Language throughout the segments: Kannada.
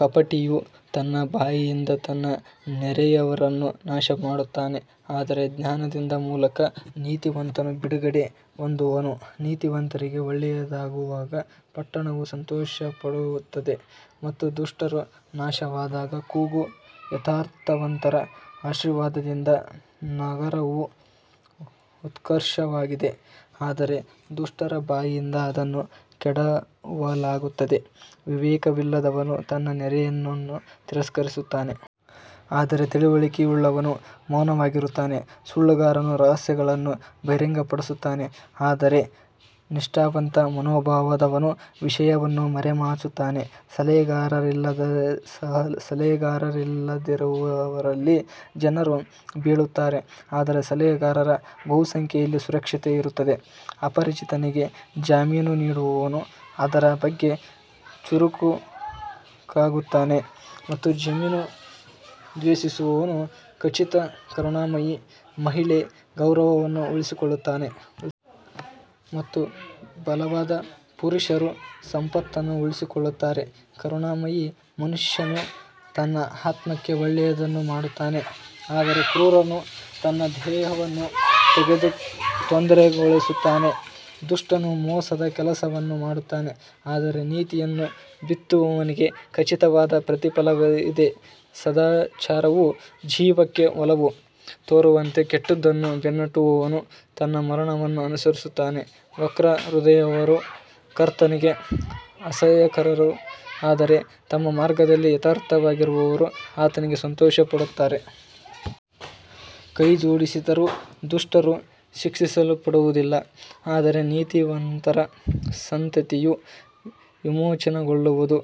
ಕಪಟಿಯು ತನ್ನ ಬಾಯಿಯಿಂದ ತನ್ನ ನೆರೆಯವರನ್ನು ನಾಶಮಾಡುತ್ತಾನೆ ಆದರೆ ಜ್ಞಾನದ ಮೂಲಕ ನೀತಿವಂತನು ಬಿಡುಗಡೆ ಹೊಂದುವನು ನೀತಿವಂತರಿಗೆ ಒಳ್ಳೆಯದಾಗುವಾಗ ಪಟ್ಟಣವು ಸಂತೋಷಪಡುತ್ತದೆ ಮತ್ತು ದುಷ್ಟರು ನಾಶವಾದಾಗ ಕೂಗು. ಯಥಾರ್ಥವಂತರ ಆಶೀರ್ವಾದದಿಂದ ನಗರವು ಉತ್ಕೃಷ್ಟವಾಗಿದೆ ಆದರೆ ದುಷ್ಟರ ಬಾಯಿಂದ ಅದನ್ನು ಕೆಡವಲಾಗುತ್ತದೆ ವಿವೇಕವಿಲ್ಲದವನು ತನ್ನ ನೆರೆಯವನನ್ನು ತಿರಸ್ಕರಿಸುತ್ತಾನೆ ಆದರೆ ತಿಳುವಳಿಕೆಯುಳ್ಳವನು ಮೌನವಾಗಿರುತ್ತಾನೆ ಸುಳ್ಳುಗಾರನು ರಹಸ್ಯಗಳನ್ನು ಬಹಿರಂಗಪಡಿಸುತ್ತಾನೆ ಆದರೆ ನಿಷ್ಠಾವಂತ ಮನೋಭಾವದವನು ವಿಷಯವನ್ನು ಮರೆಮಾಚುತ್ತಾನೆ ಸಲಹೆಗಾರರಿಲ್ಲದಿರುವಲ್ಲಿ ಜನರು ಬೀಳುತ್ತಾರೆ ಆದರೆ ಸಲಹೆಗಾರರ ಬಹುಸಂಖ್ಯೆಯಲ್ಲಿ ಸುರಕ್ಷತೆ ಇರುತ್ತದೆ ಅಪರಿಚಿತನಿಗೆ ಜಾಮೀನು ನೀಡುವವನು ಅದರ ಬಗ್ಗೆ ಚುರುಕಾಗುತ್ತಾನೆ ಮತ್ತು ಜಾಮೀನು ದ್ವೇಷಿಸುವವನು ಖಚಿತ ಕರುಣಾಮಯಿ ಮಹಿಳೆ ಗೌರವವನ್ನು ಉಳಿಸಿಕೊಳ್ಳುತ್ತಾಳೆ ಮತ್ತು ಬಲವಾದ ಪುರುಷರು ಸಂಪತ್ತನ್ನು ಉಳಿಸಿಕೊಳ್ಳುತ್ತಾರೆ ಕರುಣಾಮಯಿ ಮನುಷ್ಯನು ತನ್ನ ಆತ್ಮಕ್ಕೆ ಒಳ್ಳೆಯದನ್ನು ಮಾಡುತ್ತಾನೆ ಆದರೆ ಕ್ರೂರನು ತನ್ನ ದೇಹವನ್ನು ತೊಂದರೆಗೊಳಿಸುತ್ತಾನೆ ದುಷ್ಟನು ಮೋಸದ ಕೆಲಸವನ್ನು ಮಾಡುತ್ತಾನೆ ಆದರೆ ನೀತಿಯನ್ನು ಬಿತ್ತುವವನಿಗೆ ಖಚಿತವಾದ ಪ್ರತಿಫಲವಿದೆ ಸದಾಚಾರವು ಜೀವಕ್ಕೆ ಒಲವು ತೋರುವಂತೆ ಕೆಟ್ಟದ್ದನ್ನು ಬೆನ್ನಟ್ಟುವವನು ತನ್ನ ಮರಣವನ್ನು ಅನುಸರಿಸುತ್ತಾನೆ ವಕ್ರ ಹೃದಯದವರು ಕರ್ತನಿಗೆ ಅಸಹ್ಯಕರರು ಆದರೆ ತಮ್ಮ ಮಾರ್ಗದಲ್ಲಿ ಯಥಾರ್ಥವಾಗಿರುವವರು ಆತನಿಗೆ ಸಂತೋಷಪಡುತ್ತಾರೆ. ಕೈಜೋಡಿಸಿದರೂ ದುಷ್ಟರು ಶಿಕ್ಷಿಸಲ್ಪಡುವುದಿಲ್ಲ ಆದರೆ ನೀತಿವಂತರ ಸಂತತಿಯು ವಿಮೋಚನೆಗೊಳ್ಳುವದು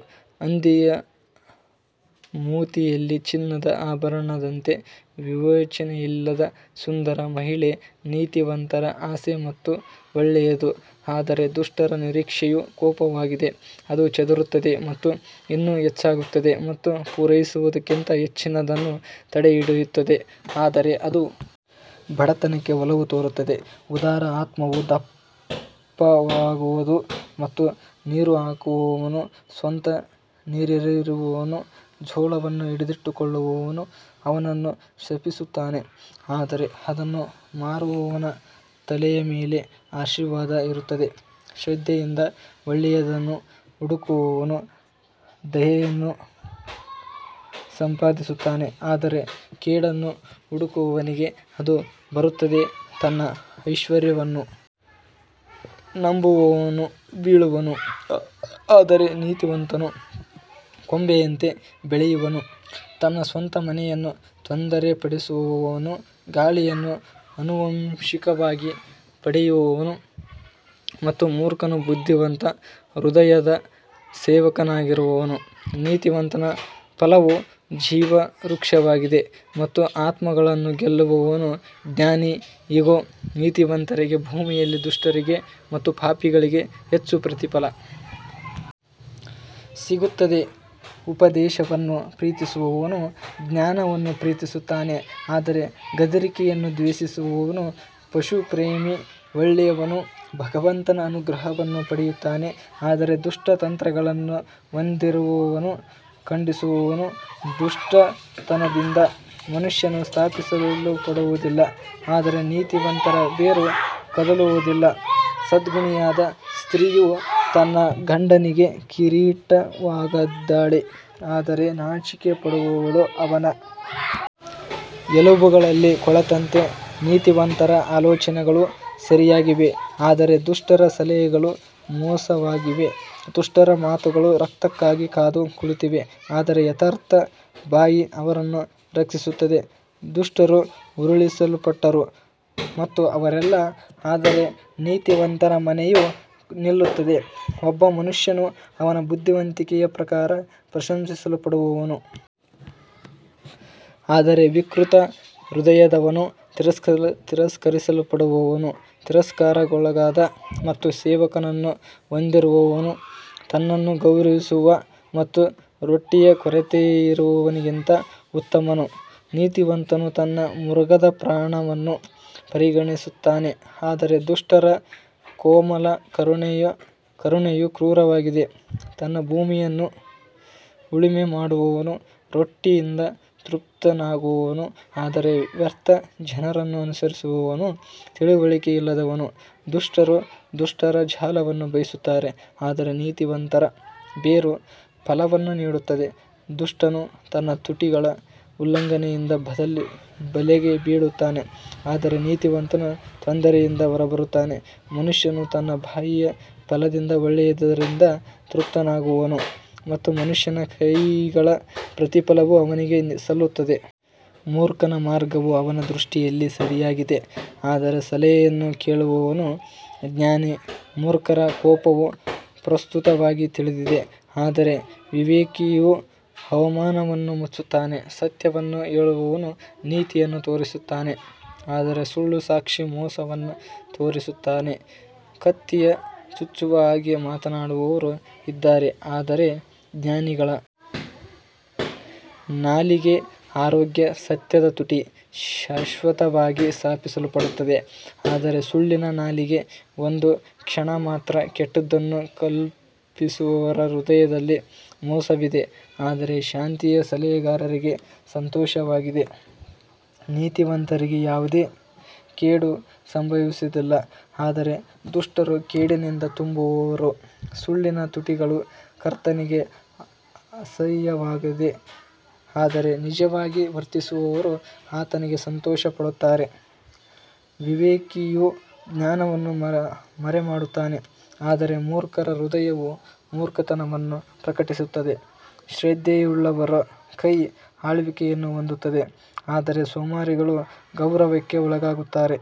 ಹಂದಿಯ ಮೂತಿಯಲ್ಲಿ ಚಿನ್ನದ ಆಭರಣದಂತೆ ವಿವೇಚನೆಯಿಲ್ಲದ ಸುಂದರ ಮಹಿಳೆ ನೀತಿವಂತರ ಆಸೆ ಮಾತ್ರ ಒಳ್ಳೆಯದು ಆದರೆ ದುಷ್ಟರ ನಿರೀಕ್ಷೆಯು ಕೋಪವಾಗಿದೆ ಅದು ಚದುರುತ್ತದೆ ಮತ್ತು ಇನ್ನೂ ಹೆಚ್ಚಾಗುತ್ತದೆ ಮತ್ತು ಪೂರೈಸುವುದಕ್ಕಿಂತ ಹೆಚ್ಚಿನದನ್ನು ತಡೆಹಿಡಿಯುತ್ತದೆ ಆದರೆ ಅದು ಬಡತನಕ್ಕೆ ಒಲವು ತೋರುತ್ತದೆ ಉದಾರ ಆತ್ಮವು ದಪ್ಪವಾಗುವುದು ಮತ್ತು ನೀರುಹಾಕುವವನು ಸ್ವತಃ ನೀರಿರುವನು ಜೋಳವನ್ನು ಹಿಡಿದಿಟ್ಟುಕೊಳ್ಳುವವನು ಅವನನ್ನು ಶಪಿಸುತ್ತಾನೆ ಆದರೆ ಅದನ್ನು ಮಾರುವವನ ತಲೆಯ ಮೇಲೆ ಆಶೀರ್ವಾದ ಇರುತ್ತದೆ ಶ್ರದ್ಧೆಯಿಂದ ಒಳ್ಳೆಯದನ್ನು ಹುಡುಕುವವನು ದಯೆಯನ್ನು ಸಂಪಾದಿಸುತ್ತಾನೆ ಆದರೆ ಕೇಡನ್ನು ಹುಡುಕುವವನಿಗೆ ಅದು ಬರುತ್ತದೆ ತನ್ನ ಐಶ್ವರ್ಯವನ್ನು ನಂಬುವವನು ಬೀಳುವನು ಆದರೆ ನೀತಿವಂತನು ಕೊಂಬೆಯಂತೆ ಬೆಳೆಯುವನು ತನ್ನ ಸ್ವಂತ ಮನೆಯನ್ನು ತೊಂದರೆಪಡಿಸುವವನು ಗಾಳಿಯನ್ನು ಆನುವಂಶಿಕವಾಗಿ ಪಡೆಯುವನು ಮತ್ತು ಮೂರ್ಖನು ಬುದ್ಧಿವಂತ ಹೃದಯದ ಸೇವಕನಾಗಿರುವನು ನೀತಿವಂತನ ಫಲವು ಜೀವವೃಕ್ಷವಾಗಿದೆ ಮತ್ತು ಆತ್ಮಗಳನ್ನು ಗೆಲ್ಲುವವನು ಜ್ಞಾನಿ ಇಗೋ, ನೀತಿವಂತರಿಗೆ ಭೂಮಿಯಲ್ಲಿ ದುಷ್ಟರಿಗೆ ಮತ್ತು ಪಾಪಿಗಳಿಗೆ ಹೆಚ್ಚು ಪ್ರತಿಫಲ ಸಿಗುತ್ತದೆ ಉಪದೇಶವನ್ನು ಪ್ರೀತಿಸುವವನು ಜ್ಞಾನವನ್ನು ಪ್ರೀತಿಸುತ್ತಾನೆ ಆದರೆ ಗದರಿಕೆಯನ್ನು ದ್ವೇಷಿಸುವವನು ಪಶುಪ್ರೇಮಿ ಒಳ್ಳೆಯವನು ಭಗವಂತನ ಅನುಗ್ರಹವನ್ನು ಪಡೆಯುತ್ತಾನೆ ಆದರೆ ದುಷ್ಟ ತಂತ್ರಗಳನ್ನು ಹೊಂದಿರುವವನು ಖಂಡಿಸುವನು ದುಷ್ಟತನದಿಂದ ಮನುಷ್ಯನು ಸ್ಥಾಪಿಸಲ್ಪಡುವದಿಲ್ಲ ಆದರೆ ನೀತಿವಂತರ ಬೇರು ಕದಲುವುದಿಲ್ಲ ಸದ್ಗುಣಿಯಾದ ಸ್ತ್ರೀಯು ತನ್ನ ಗಂಡನಿಗೆ ಕಿರೀಟವಾಗಿದ್ದಾಳೆ ಆದರೆ ನಾಚಿಕೆಪಡುವವಳು ಅವನ ಎಲುಬುಗಳಲ್ಲಿ ಕೊಳೆತಂತೆ ನೀತಿವಂತರ ಆಲೋಚನೆಗಳು ಸರಿಯಾಗಿವೆ ಆದರೆ ದುಷ್ಟರ ಸಲಹೆಗಳು ಮೋಸವಾಗಿವೆ ದುಷ್ಟರ ಮಾತುಗಳು ರಕ್ತಕ್ಕಾಗಿ ಕಾದು ಕುಳಿತಿವೆ ಆದರೆ ಯಥಾರ್ಥರ ಬಾಯಿ ಅವರನ್ನು ರಕ್ಷಿಸುತ್ತದೆ ದುಷ್ಟರು ಉರುಳಿಸಲ್ಪಟ್ಟರು ಮತ್ತು ಅವರಲ್ಲ ಆದರೆ ನೀತಿವಂತರ ಮನೆಯು ನಿಲ್ಲುತ್ತದೆ ಒಬ್ಬ ಮನುಷ್ಯನು ಅವನ ಬುದ್ಧಿವಂತಿಕೆಯ ಪ್ರಕಾರ ಪ್ರಶಂಸಿಸಲ್ಪಡುವನು ಆದರೆ ವಿಕೃತ ಹೃದಯದವನು ತಿರಸ್ಕರಿಸಲ್ಪಡುವನು ತಿರಸ್ಕಾರಕ್ಕೊಳಗಾದ ಮತ್ತು ಸೇವಕನನ್ನು ಹೊಂದಿರುವವನು ತನ್ನನ್ನು ಗೌರವಿಸುವ ಮತ್ತು ರೊಟ್ಟಿಯ ಕೊರತೆಯಿರುವವನಿಗಿಂತ ಉತ್ತಮನು ನೀತಿವಂತನು ತನ್ನ ಮೃಗದ ಪ್ರಾಣವನ್ನು ಪರಿಗಣಿಸುತ್ತಾನೆ ಆದರೆ ದುಷ್ಟರ ಕೋಮಲ ಕರುಣೆಯು ಕ್ರೂರವಾಗಿದೆ ತನ್ನ ಭೂಮಿಯನ್ನು ಉಳುಮೆ ಮಾಡುವವನು ರೊಟ್ಟಿಯಿಂದ ತೃಪ್ತನಾಗುವನು ಆದರೆ ವ್ಯರ್ಥ ಜನರನ್ನು ಅನುಸರಿಸುವವನು ತಿಳುವಳಿಕೆಯಿಲ್ಲದವನು ದುಷ್ಟರು ದುಷ್ಟರ ಜಾಲವನ್ನು ಬಯಸುತ್ತಾರೆ ಆದರೆ ನೀತಿವಂತರ ಬೇರು ಫಲವನ್ನು ನೀಡುತ್ತದೆ ದುಷ್ಟನು ತನ್ನ ತುಟಿಗಳ ಉಲ್ಲಂಘನೆಯಿಂದ ಬಲೆಗೆ ಬೀಳುತ್ತಾನೆ ಆದರೆ ನೀತಿವಂತನು ತೊಂದರೆಯಿಂದ ಹೊರಬರುತ್ತಾನೆ ಮನುಷ್ಯನು ತನ್ನ ಬಾಯಿಯ ಫಲದಿಂದ ಒಳ್ಳೆಯದರಿಂದ ತೃಪ್ತನಾಗುವನು ಮತ್ತು ಮನುಷ್ಯನ ಕೈಗಳ ಪ್ರತಿಫಲವು ಅವನಿಗೆ ಸಲ್ಲುತ್ತದೆ. ಮೂರ್ಖನ ಮಾರ್ಗವು ಅವನ ದೃಷ್ಟಿಯಲ್ಲಿ ಸರಿಯಾಗಿದೆ ಆದರೆ ಸಲಹೆಯನ್ನು ಕೇಳುವವನು ಜ್ಞಾನಿ ಮೂರ್ಖರ ಕೋಪವು ಪ್ರಸ್ತುತವಾಗಿ ತಿಳಿದಿದೆ ಆದರೆ ವಿವೇಕಿಯು ಅವಮಾನವನ್ನು ಮುಚ್ಚುತ್ತಾನೆ ಸತ್ಯವನ್ನು ಹೇಳುವವನು ನೀತಿಯನ್ನು ತೋರಿಸುತ್ತಾನೆ ಆದರೆ ಸುಳ್ಳು ಸಾಕ್ಷಿ ಮೋಸವನ್ನು ತೋರಿಸುತ್ತಾನೆ ಕತ್ತಿಯ ಚುಚ್ಚುವ ಹಾಗೆ ಮಾತನಾಡುವವರು ಇದ್ದಾರೆ ಆದರೆ ಜ್ಞಾನಿಗಳ ನಾಲಿಗೆ ಆರೋಗ್ಯ ಸತ್ಯದ ತುಟಿ ಶಾಶ್ವತವಾಗಿ ಸ್ಥಾಪಿಸಲ್ಪಡುತ್ತದೆ ಆದರೆ ಸುಳ್ಳಿನ ನಾಲಿಗೆ ಒಂದು ಕ್ಷಣ ಮಾತ್ರ ಕೆಟ್ಟದ್ದನ್ನು ಕಲ್ಪಿಸುವವರ ಹೃದಯದಲ್ಲಿ ಮೋಸವಿದೆ ಆದರೆ ಶಾಂತಿಯ ಸಲಹೆಗಾರರಿಗೆ ಸಂತೋಷವಾಗಿದೆ ನೀತಿವಂತರಿಗೆ ಯಾವುದೇ ಕೇಡು ಸಂಭವಿಸುವುದಿಲ್ಲ ಆದರೆ ದುಷ್ಟರು ಕೇಡಿನಿಂದ ತುಂಬುವರು ಸುಳ್ಳಿನ ತುಟಿಗಳು ಕರ್ತನಿಗೆ ಅಸಹ್ಯವಾಗಿದೆ ಆದರೆ ನಿಜವಾಗಿ ವರ್ತಿಸುವವರು ಆತನಿಗೆ ಸಂತೋಷಪಡುತ್ತಾರೆ ವಿವೇಕಿಯು ಜ್ಞಾನವನ್ನು ಮರೆಮಾಡುತ್ತಾನೆ ಆದರೆ ಮೂರ್ಖರ ಹೃದಯವು ಮೂರ್ಖತನವನ್ನು ಪ್ರಕಟಿಸುತ್ತದೆ ಶ್ರದ್ಧೆಯುಳ್ಳವರ ಕೈ ಆಳ್ವಿಕೆಯನ್ನು ಹೊಂದುತ್ತದೆ ಆದರೆ ಸೋಮಾರಿಗಳು ಗೌರವಕ್ಕೆ ಒಳಗಾಗುತ್ತಾರೆ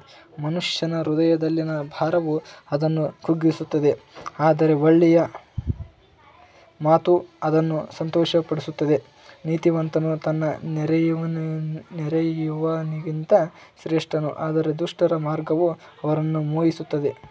ಮನುಷ್ಯನ ಹೃದಯದಲ್ಲಿನ ಭಾರವು ಅದನ್ನು ಕುಗ್ಗಿಸುತ್ತದೆ ಆದರೆ ಒಳ್ಳೆಯ ಮಾತು ಅದನ್ನು ಸಂತೋಷಪಡಿಸುತ್ತದೆ ನೀತಿವಂತನು ತನ್ನ ನೆರೆಯವನಿಗಿಂತ ಶ್ರೇಷ್ಠನು ಆದರೆ ದುಷ್ಟರ ಮಾರ್ಗವು ಅವರನ್ನು ಮೋಹಿಸುತ್ತದೆ.